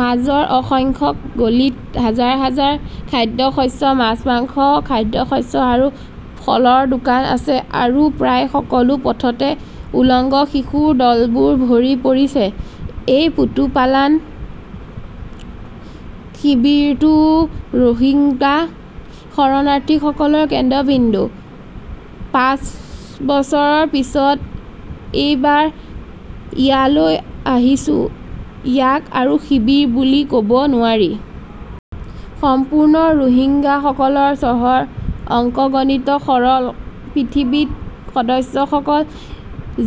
মাজৰ অসংখ্য গলিত হাজাৰ হাজাৰ খাদ্যশস্য, মাছ-মাংস, খাদ্যশস্য আৰু ফলৰ দোকান আছে। আৰু প্ৰায় সকলো পথতে উলংগ শিশুৰ দলবোৰ ভৰি পৰিছে। এই কুতুপালান শিবিৰটো ৰোহিংগ্যা শৰণাৰ্থীসকলৰ কেন্দ্ৰবিন্দু। পাঁচ বছৰৰ পিছত এইবাৰ ইয়ালৈ আহিছোঁ, ইয়াক আৰু শিবিৰ বুলি কব নোৱাৰি। সম্পূৰ্ণ ৰোহিংগাসকলৰ চহৰ। অংকগণিত সৰল। পৃথিৱীত সদস্যসকল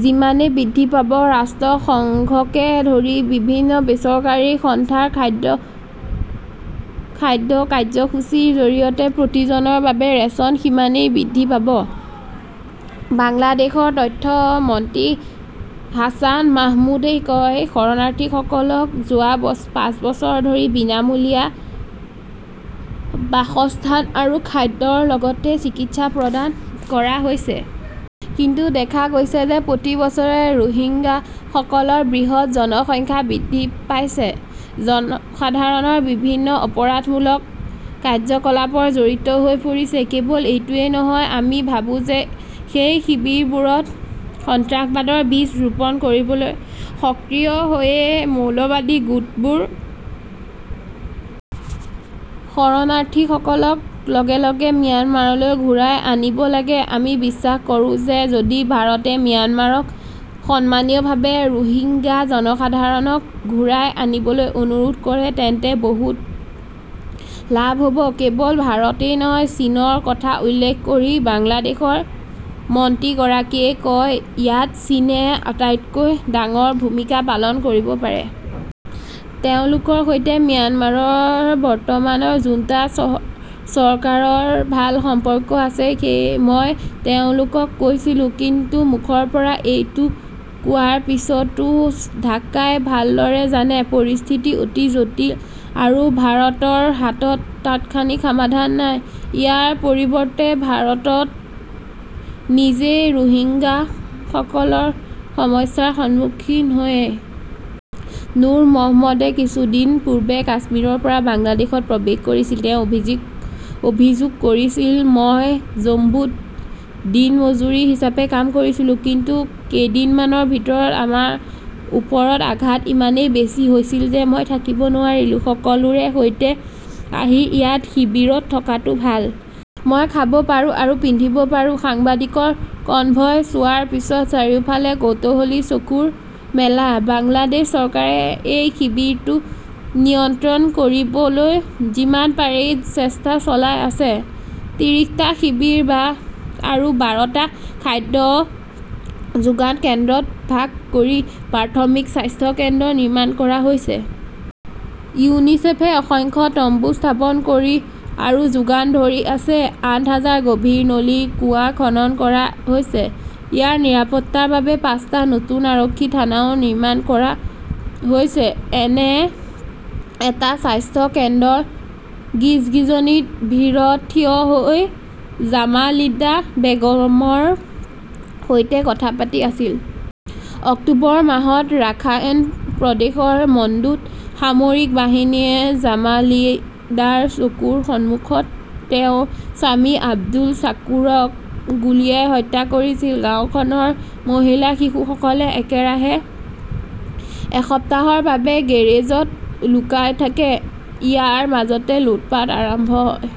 যিমানে বৃদ্ধি পাব, ৰাষ্ট্ৰসংঘকে ধৰি বিভিন্ন বেচৰকাৰী সংস্থাৰ খাদ্য কাৰ্যসূচীৰ জৰিয়তে প্ৰতিজনৰ বাবে ৰেচন সিমানেই বৃদ্ধি পাব। বাংলাদেশৰ তথ্য মন্ত্ৰী হাছান মাহমুদই কয়, শৰণাৰ্থীসকলক যোৱা পাঁচ বছৰ ধৰি বিনামূলীয়া বাসস্থান আৰু খাদ্যৰ লগতে চিকিৎসা সেৱা প্ৰদান কৰা হৈছে। কিন্তু দেখা গৈছে যে প্ৰতি বছৰে ৰোহিংগাসকলৰ বৃহৎ জনসংখ্যা বৃদ্ধি পাইছে। জনসাধাৰণ বিভিন্ন অপৰাধমূলক কাৰ্যকলাপত জড়িত হৈ পৰিছে। কেৱল এইটোৱেই নহয়, আমি ভাবো যে সেই শিবিৰবোৰত সন্ত্ৰাসবাদৰ বীজ ৰোপণ কৰিবলৈ সক্ৰিয় হৈছে মৌলবাদী গোটবোৰ। শৰণাৰ্থীসকলক লগে লগে ম্যানমাৰলৈ ঘূৰাই আনিব লাগে। আমি বিশ্বাস কৰোঁ যে যদি ভাৰতে ম্যানমাৰক সন্মানীয়ভাৱে ৰোহিংগ্যা জনসাধাৰণক ঘূৰাই আনিবলৈ অনুৰোধ কৰে তেন্তে বহুত লাভ হ'ব। কেৱল ভাৰত নহয়, চীনৰ কথা উল্লেখ কৰি বাংলাদেশৰ মন্ত্ৰীগৰাকীয়ে কয়, ইয়াত চীনে আটাইতকৈ ডাঙৰ ভূমিকা পালন কৰিব পাৰে। তেওঁলোকৰ সৈতে ম্যানমাৰৰ বৰ্তমানৰ জুন্টা চৰকাৰৰ ভাল সম্পৰ্ক আছে। মই তেওঁলোকক কৈছিলো। কিন্তু মুখৰ পৰা এইটো কোৱাৰ পিছতো ঢাকাই ভালদৰে জানে, পৰিস্থিতি অতি জটিল আৰু ভাৰতৰ হাতত তাৎক্ষণিক সমাধান নাই। ইয়াৰ পৰিৱৰ্তে ভাৰত নিজেই ৰোহিংগাসকলৰ সমস্যাৰ সন্মুখীন হৈছে। নুৰ মহম্মদে কিছুদিন পূৰ্বে কাশ্মীৰৰ পৰা বাংলাদেশত প্ৰৱেশ কৰিছিল। তেওঁ অভিযোগ কৰিছিল, মই জম্মুত দিনমজুৰি হিচাপে কাম কৰিছিলো। কিন্তু কেইদিনমানৰ ভিতৰত আমাৰ ওপৰত আঘাত ইমান বেছি হৈছিল যে মই থাকিব নোৱাৰিলো। সকলোৰে সৈতে আহি ইয়াত শিবিৰত থকাটো ভাল। মই খাব পাৰো আৰু পিন্ধিব পাৰো। সাংবাদিকৰ কনভয় চোৱাৰ পিছত চাৰিওফালে কৌতুহলী চকুৰ মেলা। বাংলাদেশ চৰকাৰে এই শিবিৰটো নিয়ন্ত্ৰণ কৰিবলৈ যিমান পাৰি চেষ্টা চলাই আছে। ত্ৰিশটা শিবিৰ আৰু বাৰটা খাদ্য যোগান কেন্দ্ৰত ভাগ কৰি প্ৰাথমিক স্বাস্থ্য কেন্দ্ৰ নিৰ্মাণ কৰা হৈছে। ইউনিছেফে অসংখ্য তম্বু স্থাপন কৰি আৰু যোগান ধৰি আছে। আঠ হাজাৰ গভীৰ নলীৰ কুঁৱা খনন কৰা হৈছে। ইয়াৰ নিৰাপত্তাৰ বাবে পাঁচটা নতুন আৰক্ষী থানাও নিৰ্মাণ কৰা হৈছে। এনে এটা স্বাস্থ্য কেন্দ্ৰৰ গিজগিজত ভীৰত থিয় হৈ জামালিদা বেগমৰ সৈতে কথা পাতি আছিল। অক্টোবৰ মাহত ৰাখাইন প্ৰদেশৰ মণ্ডুত সামৰিক বাহিনীয়ে জামালিদাৰ চকুৰ সন্মুখত তেওঁৰ স্বামী আব্দুল শাকুৰক গুলীয়াই হত্যা কৰিছিল। গাওঁখনৰ মহিলা-শিশুসকলে একেৰাহে এসপ্তাহৰ বাবে গেৰেজত লুকাই থাকে। ইয়াৰ মাজতে লুটপাট আৰম্ভ হয়।